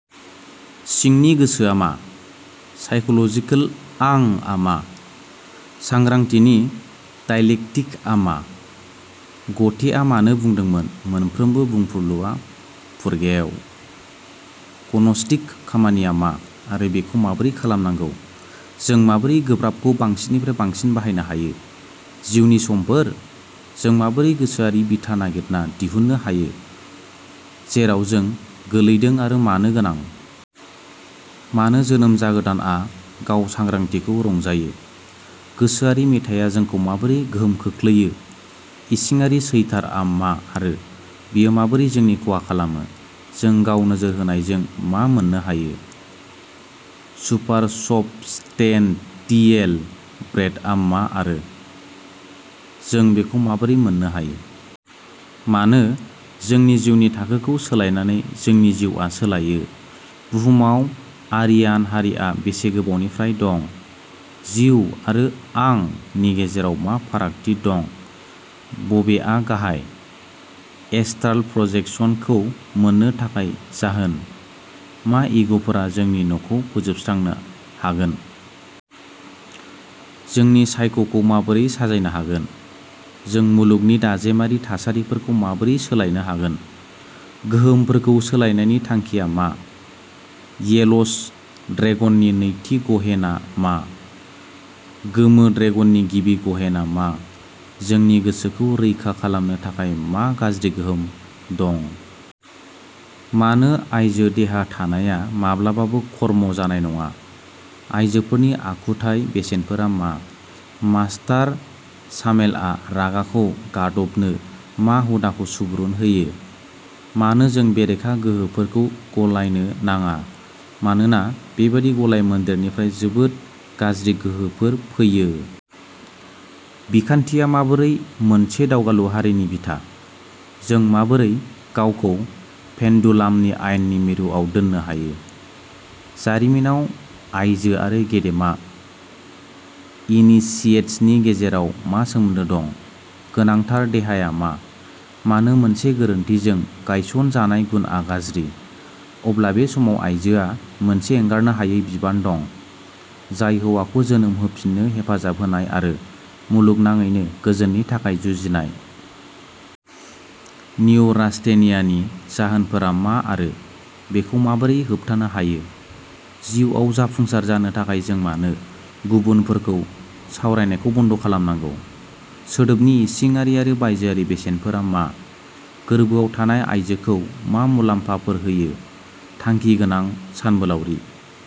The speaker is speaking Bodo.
सिंनि गोसोआ मा? साइकिल'जिकेल "आं" आ मा? सांग्रांथिनि डायलेक्टिकआ मा? ग'थेआ मानो बुंदोंमोनः "मोनफ्रोमबो बुंफुरलुआ फुरगेव"? ग'नस्टिक खामानिया मा आरो बेखौ माबोरै खालामनांगौ? जों माबोरै गोब्राबखौ बांसिननिफ्राय बांसिन बाहायनो हायो? जिउनि समफोर? जों माबोरै गोसोआरि बिथा नागिरना दिहुननो हायो जेराव जों गोलैदों आरो मानो गोनां? मानो जोनोम जागोदानआ गाव-सांग्रांथिखौ रंजायो? गोसोआरि मेथाइया जोंखौ माबोरै गोहोम खोख्लैयो? इसिङारि चैटारआ मा आरो बेयो माबोरै जोंनि खहा खालामो? जों गाव-नोजोर होनायजों मा मोन्नो हायो? सुपारसब्स्टेन्टियेल ब्रेडआ मा आरो जों बेखौ माबोरै मोननो हायो? मानो, जोंनि जिउनि थाखोखौ सोलायनानै जोंनि जिउआ सोलायो? बुहुमाव आरियान हारिआ बेसे गोबावनिफ्राय दं? जिउ आरो "आं" नि गेजेराव मा फारागथि दं? बबेआ गाहाय? एस्ट्राल प्रजेकसनखौ मोन्नो थाखाय जाहोन? मा इग'फोरा जोंनि न'खौ फोजोबस्रांनो हागोन? जोंनि साइकखौ माबोरै साजायनो हागोन? जों मुलुगनि दाजेमारि थासारिफोरखौ माबोरै सोलायनो हागोन? गोहोमफोरखौ सोलायनायनि थांखिया मा? येल'स ड्रेगननि नैथि गहेना मा? गोमो ड्रेगननि गिबि गहेना मा? जोंनि गोसोखौ रैखा खालामनो थाखाय मा गाज्रि गोहोम दं? मानो आइजो देहा थानाया माब्लाबाबो कर्म जानाय नङा? आयजोफोरनि आखुथाय बेसेनफोरा मा? मास्टार सामेलआ रागाखौ गादबनो मा हुदाखौ सुबुरुन होयो? मानो जों बेरेखा गोहोफोरखौ गलायनो नाङा, मानोना बेबादि गलायमोन्देरनिफ्राय जोबोद गाज्रि गोहोफोर फैयो? बिमाखान्थिया माबोरै मोनसे दावगालु हारिनि बिथा? जों माबोरै गावखौ पेन्डुलामनि आयेननि मिरुआव दोननो हायो? जारिमिनाव आइजो आरो गेदेमा इनिसिएट्सनि गेजेराव मा सोमोन्दो दं? गोनांथार देहाया मा? मानो मोनसे गोरोन्थिजों गायसनजानाय गुनआ गाज्रि? अब्ला बे समाव आइजोआ मोनसे एंगारनो हायै बिबान दं, जाय हौवाखौ जोनोम होफिन्नो हेफाजाब होनाय आरो मुलुगनाङैनो गोजोननि थाखाय जुजिनाय। निय'रास्थेनियानि जाहोनफोरा मा आरो बेखौ माबोरै होबथानो हायो? जिउआव जाफुंसार जानो थाखाय जों मानो गुबुनफोरखौ सावरायनायखौ बन्द खालामनांगौ? सोदोबनि इसिङारि आरो बायजोआरि बेसेनफोरा मा? गोरबोआव थानाय आइजोखौ मा मुलाम्फाफोर होयो थांखिगोनां सानबोलावरि?